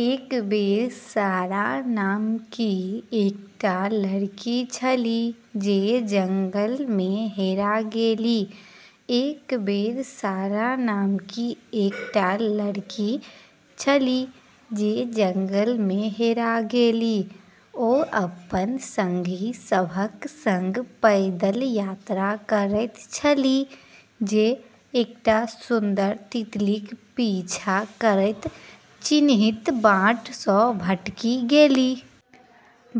एक बेर सारा नामकी एकटा लड़की छलीह जे जंगलमे हेरा गेलीह। एक बेर सारा नामकी एकटा लड़की छलीह जे जंगलमे हेरा गेलीह। ओ अपन संगी सभक संग पैदल यात्रा करैत छलीह जे एकटा सुन्दर तितलीक पीछा करैत चिन्हित बाट सँ भटकि गेलीह।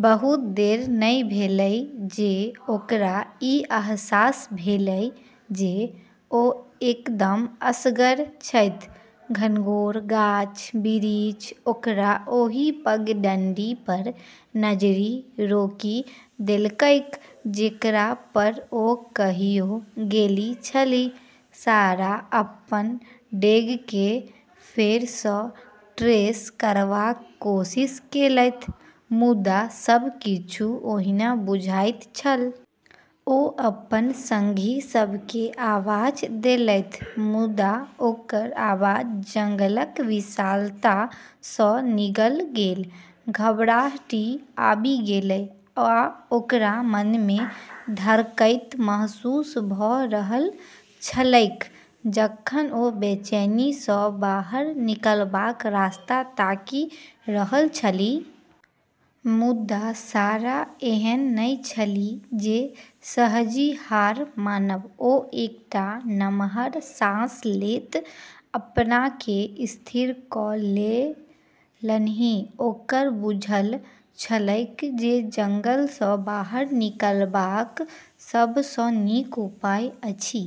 बहुत देर नहि भेलै जे ओकरा ई अहसास भेलै जे ओ एकदम असगर छथि, घनघोर गाछ-बिरिछ ओकरा ओहि पगडंडी पर नजरि रोकि देलकैक जेकरा पर ओ कहियो गेलीह छलीह। सारा अपन डेगकेँ फेर सँ ट्रेस करबाक कोशिश केलथि, मुदा सब किछु ओहिना बुझाइत छल। ओ अपन संगी सभकेँ आवाज देलथि, मुदा ओकर आवाज जंगलक विशालता सँ निगल गेल। घबराहटि आबि गेलै, आ ओकरा मनमे धड़कैत महसूस भ’ रहल छलैक, जखन ओ बेचैनी सँ बाहर निकलबाक रास्ता ताकि रहल छलीह। मुदा सारा एहन नहि छलीह जे सहजहि हार मानब। ओ एकटा नमहर साँस लैत अपनाकेँ स्थिर क’ लेलन्हि। ओकरा बुझल छलैक जे जंगल सँ बाहर निकलबाक सभ सँ नीक उपाय अछि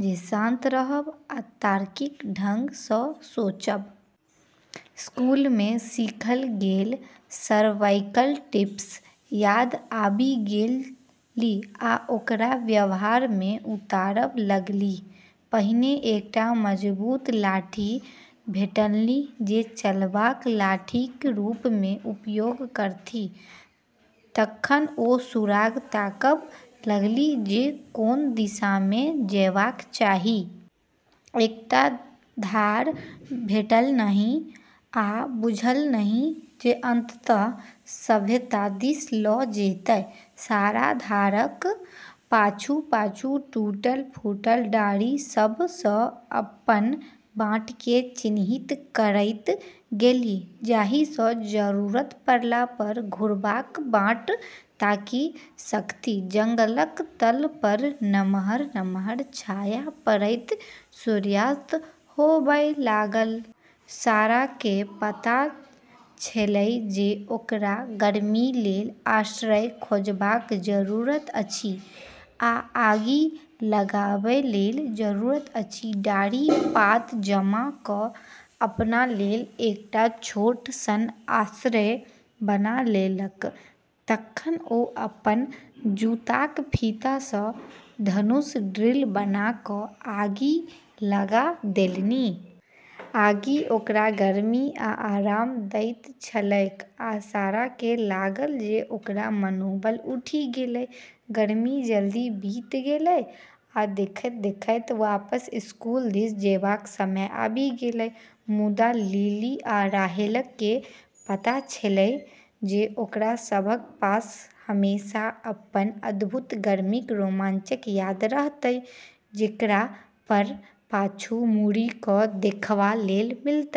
जे शान्त रहब आ तार्किक ढंग सँ सोचब। स्कूलमे सीखल गेल सरवाइवल टिप्स याद आबि गेलीह आ ओकरा व्यवहारमे उतारब लगलीह। पहिने एकटा मजबूत लाठी भेटलन्हि जे चलबाक लाठीक रूपमे उपयोग करथि। तखन ओ सुराग ताकब लगलीह जे कोन दिशामे जेबाक चाही। एकटा धार भेटलन्हि आ बुझलन्हि जे अंततः सभ्यता दिस ल’ जेतै। सारा धारक पाछू-पाछू टूटल-फूटल डारि सभ सँ अपन बाटकेँ चिन्हित करैत गेलीह जाहि सँ जरूरत पड़ला पर घुरबाक बाट ताकि सकथि। जंगलक तल पर नमहर-नम्हर छाया पड़ैत सूर्यास्त होबय लागल। साराकेँ पता छेलै जे ओकरा गर्मी लेल आश्रय खोजबाक जरूरत अछि आ आगि लगाबै लेल जरूरत अछि। डारि-पात जमा क’ अपना लेल एकटा छोट सन आश्रय बना लेलक। तखन ओ अपन जूताक फीता सँ धनुष ड्रिल बना क’ आगि लगा देलन्हि। आगि ओकरा गर्मी आ आराम दैत छलैक आ साराकेँ लागल जे ओकर मनोबल उठि गेलै। गर्मी जल्दी बीत गेलै, आ देखैत-देखैत वापस स्कूल दिस जेबाक समय आबि गेलै। मुदा लिली आ राहेलकेँ पता छेलै जे ओकरा सभक पास हमेशा अपन अद्भुत गर्मीक रोमांचक याद रहतै जेकरा पर पाछू मुड़ि क’ देखबा लेल मिलतै।